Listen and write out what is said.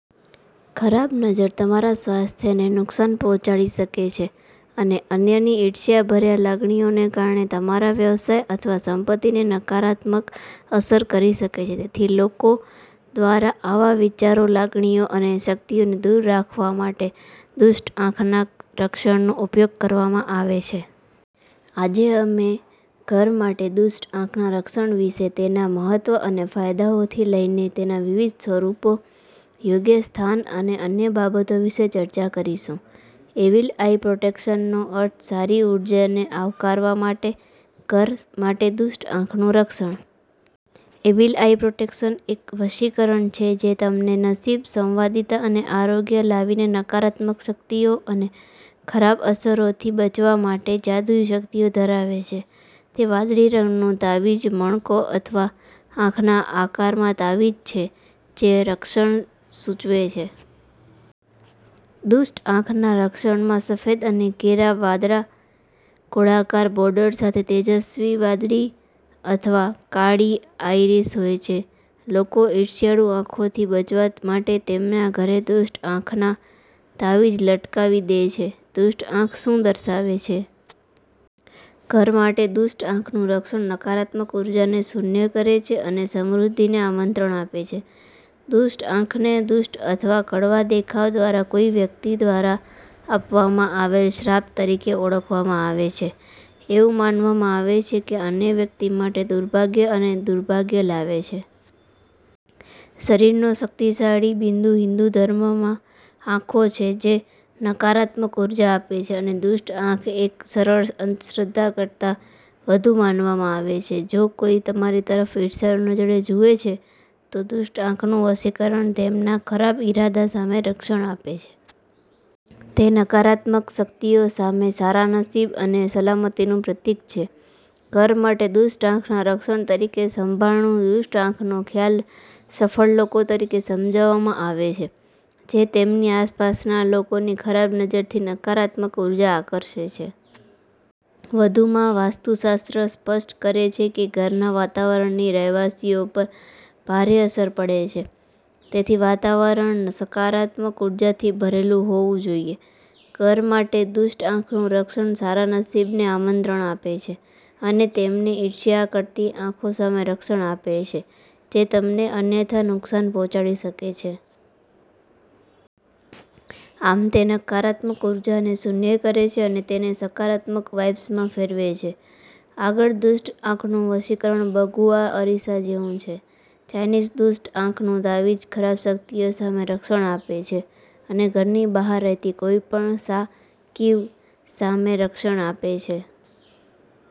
ખરાબ નજર તમારા સ્વાસ્થ્યને નુકસાન પહોંચાડી શકે છે અને અન્યની ઈર્ષ્યાભર્યા લાગણીઓને કારણે તમારા વ્યવસાય અથવા સંપત્તિને નકારાત્મક અસર કરી શકે છે. તેથી, લોકો દ્વારા આવા વિચારો, લાગણીઓ અને શક્તિઓને દૂર રાખવા માટે દુષ્ટ આંખના રક્ષણનો ઉપયોગ કરવામાં આવે છે. આજે, અમે ઘર માટે દુષ્ટ આંખના રક્ષણ વિશે, તેના મહત્વ અને ફાયદાઓથી લઈને તેના વિવિધ સ્વરૂપો, યોગ્ય સ્થાન અને અન્ય બાબતો વિશે ચર્ચા કરીશું. એવિલ આઇ પ્રોટેક્શનનો અર્થ સારી ઊર્જાને આવકારવા માટે, ઘર માટે દુષ્ટ આંખનું રક્ષણ. એવિલ આઇ પ્રોટેક્શન એક વશીકરણ છે જે તમને નસીબ, સંવાદિતા અને આરોગ્ય લાવીને નકારાત્મક શક્તિઓ અને ખરાબ અસરોથી બચાવવા માટે જાદુઈ શક્તિઓ ધરાવે છે. તે વાદળી રંગનું તાવીજ, મણકો અથવા આંખના આકારમાં તાવીજ છે જે રક્ષણ સૂચવે છે. દુષ્ટ આંખના રક્ષણમાં સફેદ અને ઘેરા વાદળી ગોળાકાર બોર્ડર સાથે તેજસ્વી વાદળી અથવા કાળી આઇરિસ હોય છે. લોકો ઈર્ષાળુ આંખોથી બચવા માટે તેમના ઘરે દુષ્ટ આંખના તાવીજ લટકાવી દે છે. દુષ્ટ આંખ શું દર્શાવે છે? ઘર માટે દુષ્ટ આંખનું રક્ષણ નકારાત્મક ઊર્જાને શૂન્ય કરે છે અને સમૃદ્ધિને આમંત્રણ આપે છે. દુષ્ટ આંખને દુષ્ટ અથવા કડવા દેખાવ દ્વારા કોઈ વ્યક્તિ દ્વારા આપવામાં આવેલ શ્રાપ તરીકે ઓળખવામાં આવે છે. એવું માનવામાં આવે છે કે અન્ય વ્યક્તિ માટે દુર્ભાગ્ય અને દુર્ભાગ્ય લાવે છે. શરીરનો શક્તિશાળી બિંદુ હિંદુ ધર્મમાં આંખો છે જે નકારાત્મક ઉર્જા આપે છે. અને દુષ્ટ આંખ એક સરળ અંધશ્રદ્ધા કરતાં વધુ માનવામાં આવે છે. જો કોઈ તમારી તરફ ઈર્ષાળુ નજરે જુએ છે, તો દુષ્ટ આંખનું વશીકરણ તેમના ખરાબ ઈરાદા સામે રક્ષણ આપે છે. તે નકારાત્મક શક્તિઓ સામે સારા નસીબ અને સલામતીનું પ્રતીક છે. ઘર માટે દુષ્ટ આંખના રક્ષણ તરીકે સંભારણું દુષ્ટ આંખનો ખ્યાલ સફળ લોકો તરીકે સમજાવવામાં આવે છે જે તેમની આસપાસના લોકોની ખરાબ નજરથી નકારાત્મક ઊર્જા આકર્ષે છે. વધુમાં, વાસ્તુશાસ્ત્ર સ્પષ્ટ કરે છે કે ઘરના વાતાવરણની રહેવાસીઓ પર ભારે અસર પડે છે. તેથી વાતાવરણ સકારાત્મક ઉર્જાથી ભરેલું હોવું જોઈએ. ઘર માટે દુષ્ટ આંખનું રક્ષણ સારા નસીબને આમંત્રણ આપે છે અને તમને ઈર્ષ્યા કરતી આંખો સામે રક્ષણ આપે છે જે તમને અન્યથા નુકસાન પહોંચાડી શકે છે. આમ, તે નકારાત્મક ઊર્જાને શૂન્ય કરે છે અને તેને સકારાત્મક વાઇબ્સમાં ફેરવે છે. આગળ, દુષ્ટ આંખનું વશીકરણ બગુઆ અરીસા જેવું છે. ચાઈનીઝ દુષ્ટ આંખનું તાવીજ ખરાબ શક્તિઓ સામે રક્ષણ આપે છે અને ઘરની બહાર રહેતી કોઈપણ "શા ક્વિ" સામે રક્ષણ આપે છે.